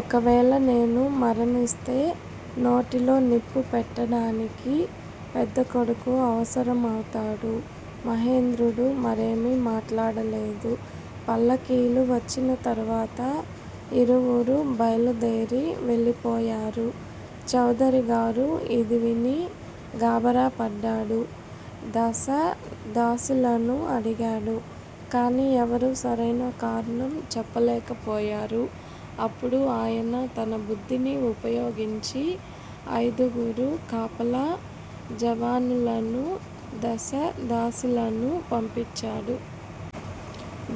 ఒకవేళ నేను మరణిస్తే నోటిలో నిప్పు పెట్టడానికి పెద్దకొడుకు అవసరమవుతాడు. మహేంద్రుడు మరేమీ మాట్లాడలేదు. పల్లకీలు వచ్చిన తరువాత ఇరువురూ బయలుదేరి వెళ్ళిపోయారు. చౌదరిగారు ఇది విని గాభరాపడ్డాడు. దాస దాసీలను అడిగాడు. కాని ఎవరూ సరైన కారణం చెప్పలేకపోయారు. అప్పుడు ఆయన తన బుద్ధిని ఉపయోగించి అయిదుగురు కాపలా జవానులనూ, దాసదాసీలనూ పంపించాడు.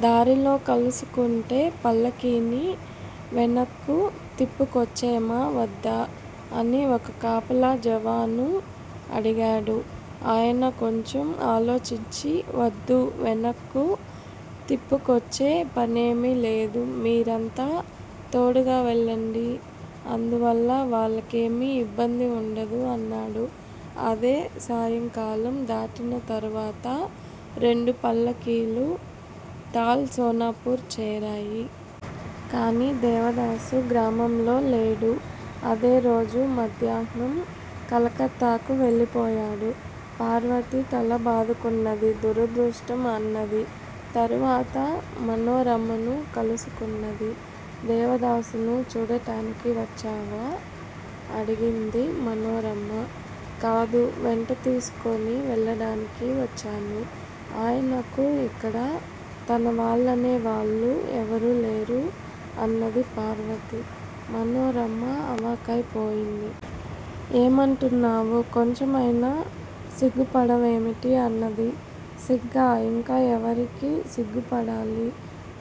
దారిలో కలుసుకుంటే పల్లకీని వెనక్కు తిప్పుకొచ్చేమా వద్దా? అని ఒక కాపలా జవాను అడిగాడు. ఆయన కొంచెం ఆలోచించి వద్దు, వెనక్కు తిప్పుకొచ్చే పనేమీ లేదు. మీరంతా తోడుగా వెళ్ళండి. అందువల్ల వాళ్ళకేమీ ఇబ్బంది వుండదు అన్నాడు. అదే సాయంకాలం దాటిన తరువాత రెండు పల్లకీలూ తాల్ సోనాపుర్ చేరాయి. కాని దేవదాసు గ్రామంలోలేడు. అదేరోజు మధ్యాహ్నం కలకత్తాకు వెళ్ళిపోయాడు. పార్వతి తల బాదుకున్నది_ దురదృష్టం! అన్నది. తరువాత మనోరమను కలుసుకున్నది. దేవదాసును చూడటానికి వచ్చావా? అడిగింది మనోరమ. కాదు, వెంటతీసుకొని వెళ్ళడానికి వచ్చాను. ఆయనకు ఇక్కడ తనవాళ్ళనేవాళ్ళు ఎవరూ లేరు అన్నది పార్వతి. మనోరమ అవాక్కయిపోయింది. ఏమంటున్నావు? కొంచెమైనా సిగ్గుపడవేమిటీ అన్నది. సిగ్గా, ఇంకా ఎవరికి సిగ్గుపడాలి?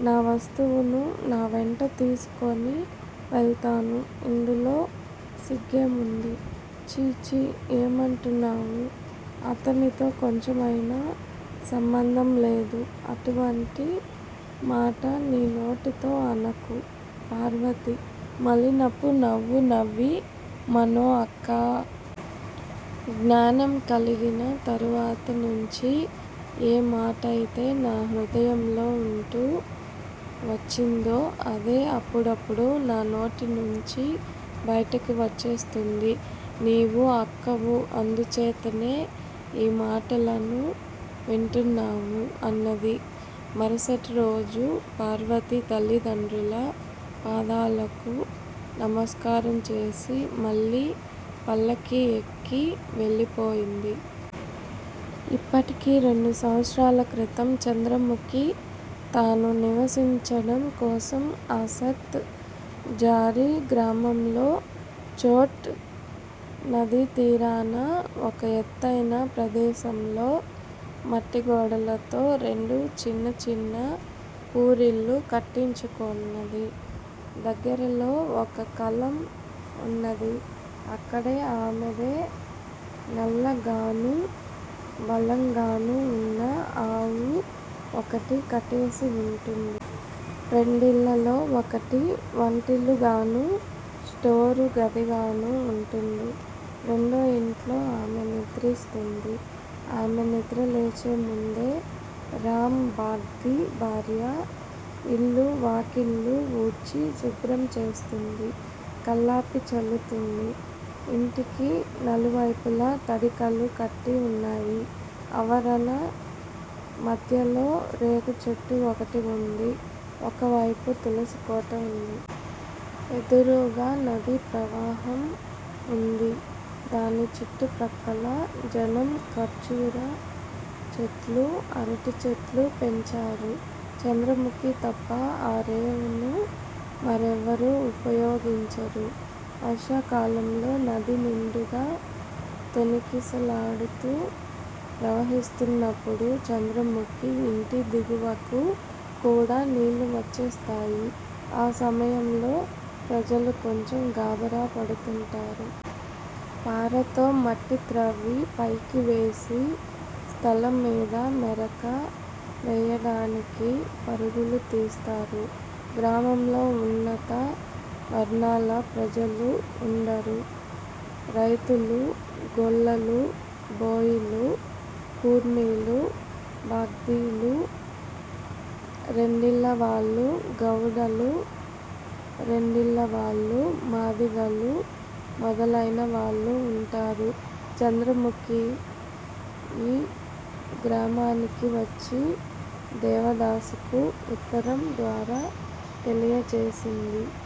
నా వస్తువును నా వెంట తీసికొని వెళ్తాను. ఇందులో సిగ్గేముంది? ఛీ! ఛీ! ఏమంటున్నావు? అతనితో కొంచెమైనా సంబంధం లేదు_అటువంటి మాట నీ నోటితో అనకు. పార్వతి మలినపు నవ్వు నవ్వి మనో అక్కా! జ్ఞానం కలిగిన తరువాత నుంచి ఏ మాటయితే నా హృదయంలో ఉంటూ వచ్చిందో అదే అప్పుడప్పుడు నా నోటినుంచి బయటికి వచ్చేస్తుంది. నీవు అక్కవు, అందుచేతనే ఈ మాటలను వింటున్నావు అన్నది. మరుసటిరోజు పార్వతి తల్లిదండ్రుల పాదాలకు నమస్కారం చేసి మళ్ళీ పల్లకీ యెక్కి వెళ్ళిపోయింది. ఇప్పటికి రెండు సంవత్సరాల క్రితం చంద్రముఖి తాను నివసించడం కోసం ఆశథ్ ఝారీ గ్రామంలో ఛోట్ నదీతీరాన ఒక ఎత్తయిన ప్రదేశంలో మట్టిగోడలతో రెండు చిన్న చిన్న పూరిళ్ళు కట్టించుకొన్నది. దగ్గరలో ఒక కళ్ళం వున్నది. అక్కడే ఆమెదే నల్ల గానూ, బలంగానూ ఉన్న ఆవు ఒకటి కట్టేసి వుంటుంది. రెండిళ్ళల్లో, ఒకటి వంటిల్లుగానూ స్టోరు గదిగానూ వుంటుంది. రెండో ఇంట్లో ఆమె నిద్రిస్తుంది. ఆమె నిద్రలేచేముందే రామ్ బాగ్దీ భార్య ఇళ్లూ, వాకిళ్లూ ఊడ్చి శుభ్రం చేస్తుంది. కళ్ళాపి చల్లుతుంది. ఇంటికి నలువైపులా తడికలు కట్టి వున్నాయి. ఆవరణ మధ్యలో రేగుచెట్టు ఒకటి వుంది. ఒకవైపు తులసికోట వుంది. ఎదురుగా నదీ ప్రవాహం వుంది. దాని చుట్టుప్రక్కల జనం ఖర్జూర చెట్లు, అరటి చెట్లు పెంచారు. చంద్రముఖి తప్ప ఆ రేవును మరెవ్వరూ ఉపయోగించరు. వర్షాకాలంలో నది నిండుగా తొణికిసలాడుతూ ప్రవహిస్తున్నప్పుడు చంద్రముఖి ఇంటి దిగువకు కూడా నీళ్ళు వచ్చేస్తాయి. ఆ సమయంలో ప్రజలు కొంచెం గాభరా పడుతుంటారు. పారతో మట్టిత్రవ్వి పైకి వేసి స్థలంమీద మెరక వేయడానికి పరుగులు తీస్తారు. గ్రామంలో ఉన్నత వర్ణాల ప్రజలు వుండరు. రైతులు, గొల్లలు, బోయీలు, కుర్మీలూ, బాగ్దీలూ, రెండిళ్ళవాళ్ళు గౌడలూ, రెండిళ్ళవాళ్ళు మాదిగలూ మొదలైన వాళ్ళు వుంటారు. చంద్రముఖి ఈ గ్రామానికి వచ్చి దేవదాసుకు ఉత్తరం ద్వారా తెలియచేసింది.